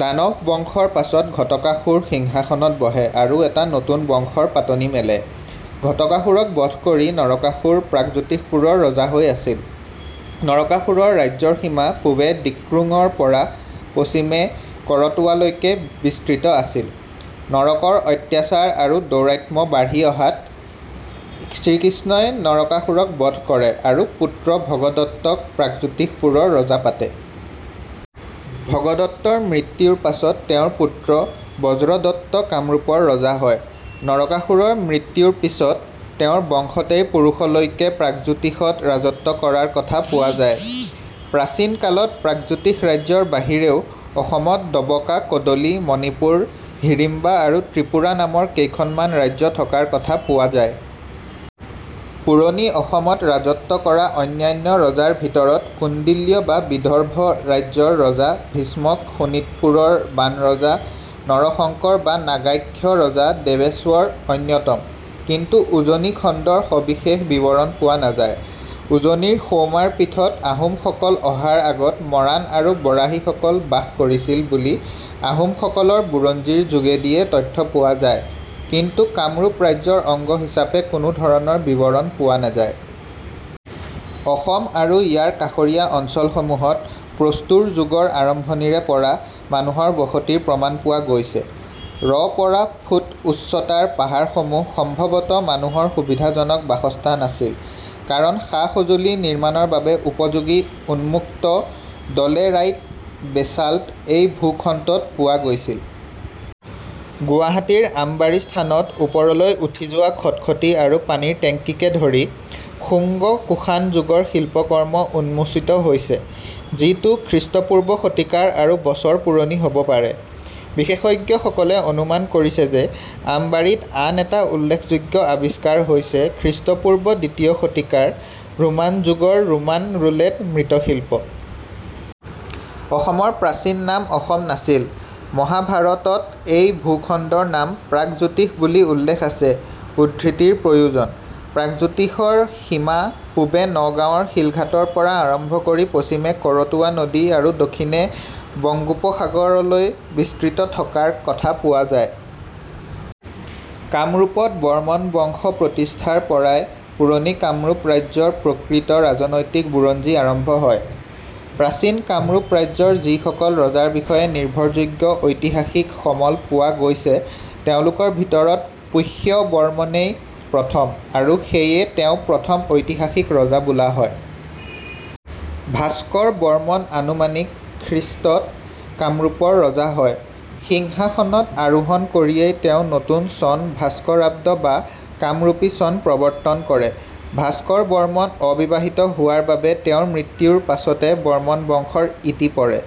দানৱ বংশৰ পাছত ঘটকাসুৰ সিংহাসনত বহে আৰু এটা নতুন বংশৰ পাতনি মেলে। ঘটকাসুৰক বধ কৰি নৰকাসুৰ প্ৰাগজ্যোতিষপুৰৰ ৰজা হৈ আছিল। নৰকাসুৰৰ ৰাজ্যৰ সীমা পূ্ৱে ডিক্ৰঙৰ পৰা পশ্চিমে কৰতোৱালৈকে বিস্তৃত আছিল। নৰকৰ অত্যাচাৰ আৰু দৌৰাত্ম্য বাঢ়ি অহাত শ্ৰীকৃষ্ণ ই নৰকাসুৰক বধ কৰে আৰু পুত্ৰ ভগদত্ত ক প্ৰাগজ্যোতিষপুৰৰ ৰজা পাতে। ভগদত্তৰ মৃত্যুৰ পাছত তেওঁৰ পুত্ৰ বজ্ৰদত্ত কামৰূপৰ ৰজা হয়। নৰকাসুৰৰ মৃত্যুৰ পিছত তেওঁৰ বংশতেই পুৰুষলৈকে প্ৰাগজ্যোতিষত ৰাজত্ব কৰাৰ কথা পোৱা যায়। প্ৰাচীন কালত প্ৰাগজ্যোতিষ ৰাজ্যৰ বাহিৰেও অসমত ডবকা, কদলি, মণিপুৰ, হিড়িম্বা আৰু ত্ৰিপুৰা নামৰ কেইখনমান ৰাজ্য থকাৰ কথা পোৱা যায়। পুৰণি অসমত ৰাজত্ব কৰা অন্যান্য ৰজাৰ ভিতৰত কুণ্ডিল্য বা বিদৰ্ভ ৰাজ্যৰ ৰজা ভীষ্মক, শোণিতপুৰ ৰ বাণৰজা, নৰশংকৰ বা নাগাক্ষ ৰজা, দেৱেশ্বৰ অন্যতম। কিন্তু উজনি খণ্ডৰ সবিশেষ বিৱৰণ পোৱা নাযায়। উজনিৰ সৌমাৰপীঠত আহোম সকল অহাৰ আগত মৰাণ আৰু বৰাহী সকল বাস কৰিছিল বুলি আহোম সকলৰ বুৰঞ্জীৰ যোগেদিয়ে তথ্য পোৱা যায় কিন্তু কামৰূপ ৰাজ্যৰ অংগ হিচাপে কোনোধৰণৰ বিৱৰণ পোৱা নাযায়। অসম আৰু ইয়াৰ কাষৰীয়া অঞ্চলসমূহত প্ৰস্তৰ যুগৰ আৰম্ভণিৰে পৰা মানুহৰ বসতিৰ প্ৰমাণ পোৱা গৈছে। ৰ পৰা ফুট উচ্চতাৰ পাহাৰসমূহ সম্ভৱতঃ মানুহৰ সুবিধাজনক বাসস্থান আছিল, কাৰণ সা-সঁজুলি নিৰ্মাণৰ বাবে উপযোগী উন্মুক্ত ড'লেৰাইট বেছাল্ট এই ভূখণ্ডত পোৱা গৈছিল। গুৱাহাটীৰ আমবাৰী স্থানত ওপৰলৈ উঠি যোৱা খটখটী আৰু পানীৰ টেংকিকে ধৰি শুংগ-কুশান যুগৰ শিল্পকৰ্ম উন্মোচিত হৈছে, যিটো খ্ৰীষ্টপূৰ্ব শতিকাৰ আৰু বছৰ পুৰণি হ'ব পাৰে। বিশেষজ্ঞসকলে অনুমান কৰিছে যে, আমবাৰীত আন এটা উল্লেখযোগ্য আৱিষ্কাৰ হৈছে খ্ৰীষ্টপূৰ্ব দ্বিতীয় শতিকাৰ ৰোমান যুগৰ ৰোমান ৰুলেট মৃৎশিল্প। অসমৰ প্ৰাচীন নাম অসম নাছিল। মহাভাৰত ত এই ভূখণ্ডৰ নাম প্ৰাগজ্যোতিষ বুলি উল্লেখ আছে উদ্ধৃতিৰ প্ৰয়োজন। প্ৰাগজ্যোতিষৰ সীমা পূবে নগাঁৱৰ শিলঘাটৰ পৰা আৰম্ভ কৰি পশ্চিমে কৰতোৱা নদী আৰু দক্ষিণে বংগোপসাগৰ লৈ বিস্তৃত থকাৰ কথা পোৱা যায়। কামৰূপত বৰ্মন বংশ প্ৰতিষ্ঠাৰ পৰাই পুৰণি কামৰূপ ৰাজ্য ৰ প্ৰকৃত ৰাজনৈতিক বুৰঞ্জী আৰম্ভ হয়। প্ৰাচীন কামৰূপ ৰাজ্যৰ যিসকল ৰজাৰ বিষয়ে নিৰ্ভৰযোগ্য ঐতিহাসিক সমল পোৱা গৈছে তেওঁলোকৰ ভিতৰত পুষ্য বৰ্মনেই প্ৰথম আৰু সেয়ে তেওঁ প্ৰথম ঐতিহাসিক ৰজা বোলা হয়। ভাস্কৰ বৰ্মন আনুমানিক - খ্ৰী. ত কামৰূপৰ ৰজা হয়। সিংহাসনত আৰোহণ কৰিয়েই তেওঁ নতুন চন ভাস্কৰাব্দ বা কামৰূপী চন প্ৰৱৰ্তন কৰে। ভাস্কৰ বৰ্মন অবিবাহিত হোৱাৰ বাবে তেওঁৰ মৃত্যুৰ পাছতে বৰ্মন বংশৰ ইতি পৰে।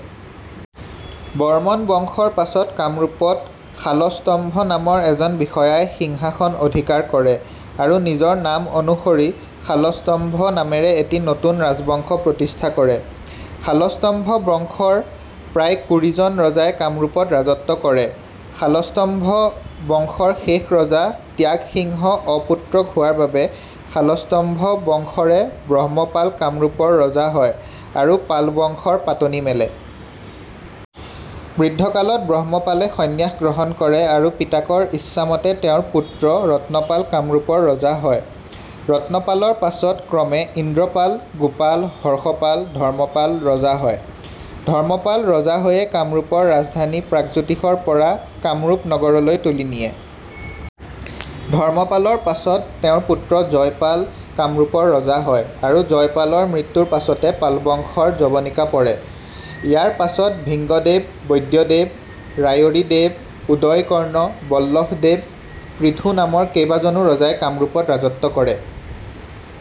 বৰ্মন বংশৰ পাছত কামৰূপত শালস্তম্ভ নামৰ এজন বিষয়াই সিংহাসন অধিকাৰ কৰে আৰু নিজৰ নাম অনুসৰি "শালস্তম্ভ" নামেৰে এটি নতুন ৰাজবংশ প্ৰতিষ্ঠা কৰে। শালস্তম্ভ বংশৰ প্ৰায় কুৰিজন ৰজাই কামৰূপত ৰাজত্ব কৰে। শালস্তম্ভ বংশৰ শেষ ৰজা ত্যাগ সিংহ অপুত্ৰক হোৱাৰ বাবে শালস্তম্ভ বংশৰে ব্ৰহ্মপাল কামৰূপৰ ৰজা হয় আৰু পালবংশ ৰ পাতনি মেলে। বৃদ্ধকালত ব্ৰহ্মপালে সন্ন্যাস গ্ৰহণ কৰে আৰু পিতাকৰ ইচ্ছামতে তেওঁৰ পুত্ৰ ৰত্নপাল কামৰূপৰ ৰজা হয়। ৰত্নপালৰ পাছত ক্ৰমে ইন্দ্ৰপাল, গোপাল, হৰ্ষপাল, ধৰ্মপাল ৰজা হয়। ধৰ্মপাল ৰজা হৈয়ে কামৰূপৰ ৰাজধানী প্ৰাগজ্যোতিষৰ পৰা 'কামৰূপ নগৰ'লৈ তুলি নিয়ে। ধৰ্মপালৰ পাছত তেওঁৰ পুত্ৰ জয়পাল কামৰূপৰ ৰজা হয় আৰু জয়পালৰ মৃত্যুৰ পাছতে পালবংশৰ যৱনিকা পৰে। ইয়াৰ পাছত ভিংগদেৱ, বৈদ্যদেৱ, ৰায়ৰীদেৱ, উদয় কৰ্ণ, বল্লভদেৱ, পৃথু নামৰ কেইবাজনো ৰজাই কামৰূপত ৰাজত্ব কৰে।